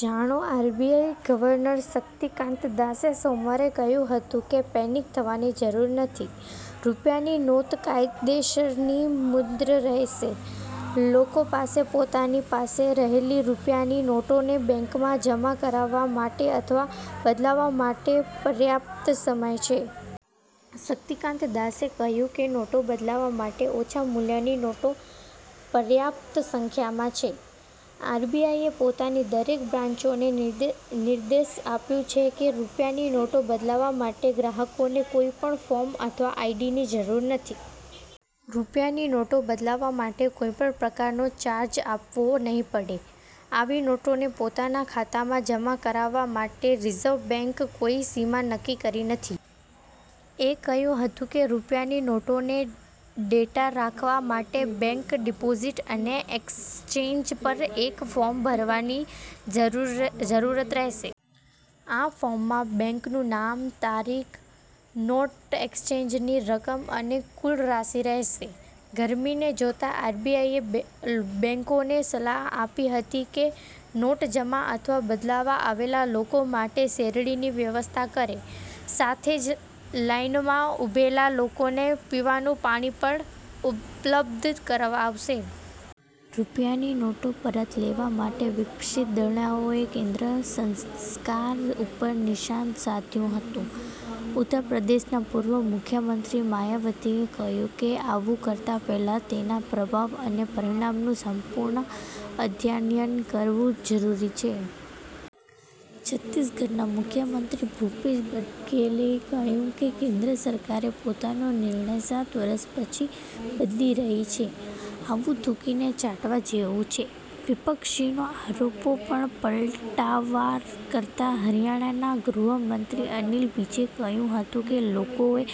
જાણો RBI governor Shaktikanta દાસે સોમવારે કહ્યું હતું કે પેનિક થવાની જરૂર નથી. રૂપિયાની નોટ કાયદેસરની મુદ્રા રહેશે. લોકો પાસે પોતાની પાસે રહેલી રૂપિયાની નોટોને બેંકોમાં જમા કરાવવા માટે અથવા બદલવા માટે પર્યાપ્ત સમય છે. – શક્તિકાંત દાસે કહ્યું કે નોટો બદલવા માટે ઓછા મૂલ્યની નોટો પર્યાપ્ત સંખ્યામાં છે. એસબીઆઈએ પોતાની દરેક બ્રાંચોને નિર્દેશ આપ્યો છે કે રૂપિયાની નોટો બદલવા માટે ગ્રાહકોને કોઈપણ ફોર્મ અથવા આઇડીની જરૂરત નથી. – રૂપિયાની નોટો બદલવા માટે કોઈપણ પ્રકારનો ચાર્જ આપવો નહીં પડે. આવી નોટોને પોતાના ખાતામાં જમા કરાવવા માટે રિઝર્વ બેન્કે કોઈ સીમા નક્કી કરી નથી. – એ કહ્યું હતું કે રૂપિયાની નોટોનો ડેટા રાખવા માટે બેંકે ડિપોઝિટ અને એક્સચેન્જ પર એક ફોર્મ ભરવાની જરૂરત રહેશે. આ ફોર્મમાં બેંકનું નામ તારીખ, નોટ એક્સચેન્જની રકમ અને કુલ રાશિ રહેશે. – ગર્મીને જોતા આરબીઆઈએ બેંકોને સલાહ આપી હતી કે નોટ જમા અથવા બદલવા આવેલા લોકો માટે શેડની વ્યવસ્થા કરે. સાથે જ લાઇનમાં ઉભેલા લોકોને પીવાનું પાણી પણ ઉપલબ્ધ કરાવે. – રૂપિયાની નોટો પરત લેવા માટે વિપક્ષી દળોએ કેન્દ્ર સરકાર ઉપર નિશાન સાધ્યું હતું. ઉત્તર પ્રદેશના પૂર્વ મુખ્યમંત્રી માયાવતીએ કહ્યું કે આવું કરતા પહેલા તેના પ્રભાવ અને પરિણામનું સંપૂર્ણ અધ્યયન કરવું જરૂરી છે. છત્તીસગઢના મુખ્યમંત્રી ભૂપેશ બઘેલે કહ્યું કે કેન્દ્ર સરકારે પોતાનો નિર્ણય સાત વર્ષ પછી બદલી રહી છે. આવું થૂંકીને ચાટવા જેવું છે. – વિપક્ષનો આરોપો પર પલટવાર કરતા હરિયાણાના ગૃહમંત્રી અનિલ વિજે કહ્યું હતું કે લોકોએ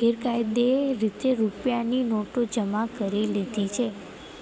ગેરકાયદે રીતે રૂપિયાની નોટો જમા કરી દીધી છે.